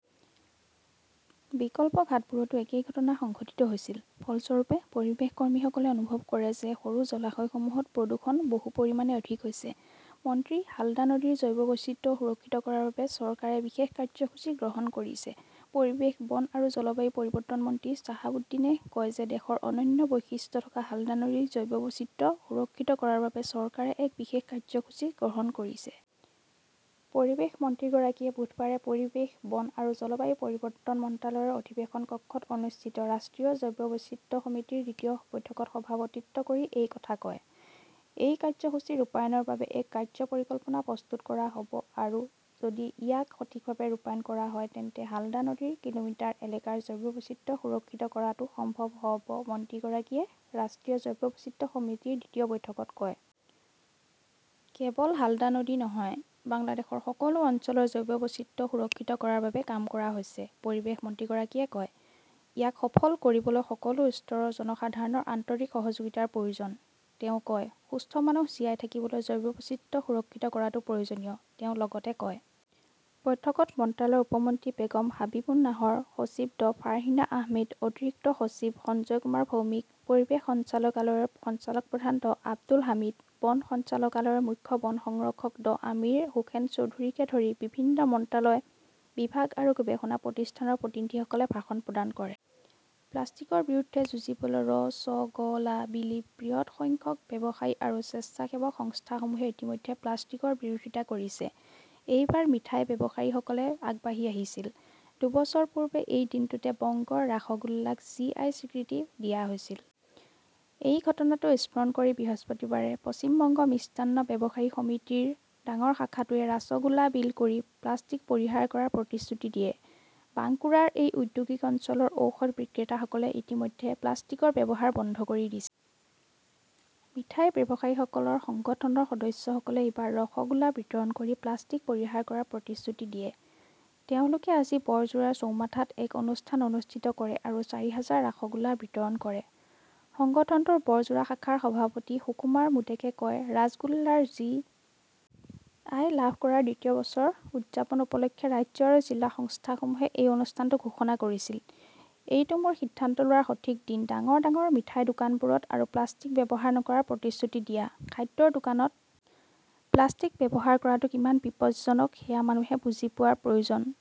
বিকল্প ঘাটবোৰতো একেই ঘটনা সংঘটিত হৈছিল। ফলস্বৰূপে, পৰিৱেশ কৰ্মীসকলে অনুভৱ কৰে যে সৰু জলাশয়সমূহত প্ৰদূষণ বহু পৰিমাণে অধিক হৈছে। মন্ত্ৰীঃ হালদা নদীৰ জৈৱ বৈচিত্ৰ্য সুৰক্ষিত কৰাৰ বাবে চৰকাৰে বিশেষ কাৰ্যসূচী গ্ৰহণ কৰিছে পৰিৱেশ, বন আৰু জলবায়ু পৰিৱৰ্তন মন্ত্ৰী শ্বাহাব উদ্দিনে কয় যে দেশৰ অনন্য বৈশিষ্ট্য থকা হালদা নদীৰ জৈৱ বৈচিত্ৰ্য সুৰক্ষিত কৰাৰ বাবে চৰকাৰে এক বিশেষ কাৰ্যসূচী গ্ৰহণ কৰিছে। পৰিৱেশ মন্ত্ৰীগৰাকীয়ে বুধবাৰে পৰিৱেশ, বন আৰু জলবায়ু পৰিৱৰ্তন মন্ত্ৰালয়ৰ অধিৱেশন কক্ষত অনুষ্ঠিত ৰাষ্ট্ৰীয় জৈৱ বৈচিত্ৰ্য সমিতিৰ দ্বিতীয় বৈঠকত সভাপতিত্ব কৰি এই কথা কয়। "এই কাৰ্যসূচী ৰূপায়ণৰ বাবে এক কাৰ্য্য পৰিকল্পনা প্ৰস্তুত কৰা হ" ব আৰু যদি ইয়াক সঠিকভাৱে ৰূপায়ণ কৰা হয় তেন্তে হালদা নদীৰ কিলোমিটাৰ এলেকাৰ জৈৱ বৈচিত্ৰ্য সুৰক্ষিত কৰাটো সম্ভৱ হ "ব", মন্ত্ৰীগৰাকীয়ে ৰাষ্ট্ৰীয় জৈৱ বৈচিত্ৰ্য সমিতিৰ দ্বিতীয় বৈঠকত কয়। "কেৱল হালদা নদী নহয়, বাংলাদেশৰ সকলো অঞ্চলৰ জৈৱ বৈচিত্ৰ্য সুৰক্ষিত কৰাৰ বাবে কাম কৰা হৈছে", পৰিৱেশ মন্ত্ৰীগৰাকীয়ে কয়। "ইয়াক সফল কৰিবলৈ সকলো স্তৰৰ জনসাধাৰণৰ আন্তৰিক সহযোগিতাৰ প্ৰয়োজন", তেওঁ কয়। "সুস্থ মানুহ জীয়াই থাকিবলৈ জৈৱ বৈচিত্ৰ্য সুৰক্ষিত কৰাটো প্ৰয়োজনীয়", তেওঁ লগতে কয়। বৈঠকত মন্ত্ৰালয়ৰ উপ মন্ত্ৰী বেগম হাবিবুন নাহৰ, সচিব ড ফাৰ্হিনা আহমেদ, অতিৰিক্ত সচিব সঞ্জয় কুমাৰ ভৌমিক, পৰিৱেশ সঞ্চালকালয়ৰ সঞ্চালক প্ৰধান ড আব্দুল হামিদ, বন সঞ্চালকালয়ৰ মুখ্য বন সংৰক্ষক ড আমিৰ হোসেন চৌধুৰীকে ধৰি বিভিন্ন মন্ত্ৰালয়, বিভাগ আৰু গৱেষণা প্ৰতিষ্ঠানৰ প্ৰতিনিধিসকলে ভাষণ প্ৰদান কৰে। প্লাষ্টিকৰ বিৰুদ্ধে যুঁজিবলৈ ৰ 'ছ' গ 'লা বিলি বৃহৎ সংখ্যক ব্যৱসায়ী আৰু স্বেচ্ছাসেৱক সংস্থাসমূহে ইতিমধ্যে প্লাষ্টিকৰ বিৰোধিতা কৰিছে। এইবাৰ মিঠাই ব্যৱসায়ীসকলে আগবাঢ়ি আহিছিল। দুবছৰ পূৰ্বে এই দিনটোতে বংগৰ ৰাসগোল্লাক জি. আই. স্বীকৃতি দিয়া হৈছিল। সেই ঘটনাটো স্মৰণ কৰি বৃহস্পতিবাৰে 'পশ্চিম বংগ মিষ্টান্ন ব্যৱসায়ী সমিতি "ৰ ডাঙৰ শাখাটোৱে ৰাছগোলা বিল কৰি প্লাষ্টিক পৰিহাৰ কৰাৰ প্ৰতিশ্ৰুতি দিয়ে। বাংকুৰাৰ এই ঔদ্যোগিক অঞ্চলৰ ঔষধ বিক্ৰেতাসকলে ইতিমধ্যে প্লাষ্টিকৰ ব্যৱহাৰ বন্ধ কৰি দিছে। মিঠাই ব্যৱসায়ীসকলৰ সংগঠনৰ সদস্যসকলে এইবাৰ ৰসগোলা বিতৰণ কৰি প্লাষ্টিক পৰিহাৰ কৰাৰ প্ৰতিশ্ৰুতি দিয়ে। তেওঁলোকে আজি বৰজোৰাৰ চৌমাঠাত এক অনুষ্ঠান অনুষ্ঠিত কৰে আৰু চাৰি হাজাৰ ৰাসগোলা বিতৰণ কৰে। সংগঠনটোৰ বৰজোৰা শাখাৰ সভাপতি সুকুমাৰ মোডেকে কয়, "ৰাজগোল্লাৰ জি. আই. লাভ কৰাৰ দ্বিতীয় বছৰ উদযাপন উপলক্ষে ৰাজ্য আৰু জিলা সংস্থাসমূহে এই অনুষ্ঠানটো ঘোষণা কৰিছিল। এইটো মোৰ সিদ্ধান্ত লোৱাৰ সঠিক দিন, ডাঙৰ ডাঙৰ মিঠাইৰ দোকানবোৰত আৰু প্লাষ্টিক ব্যৱহাৰ নকৰাৰ প্ৰতিশ্ৰুতি দিয়া। "খাদ্যৰ দোকানত প্লাষ্টিক ব্যৱহাৰ কৰাটো কিমান বিপজ্জনক সেয়া মানুহে বুজি পোৱাৰ প্ৰয়োজন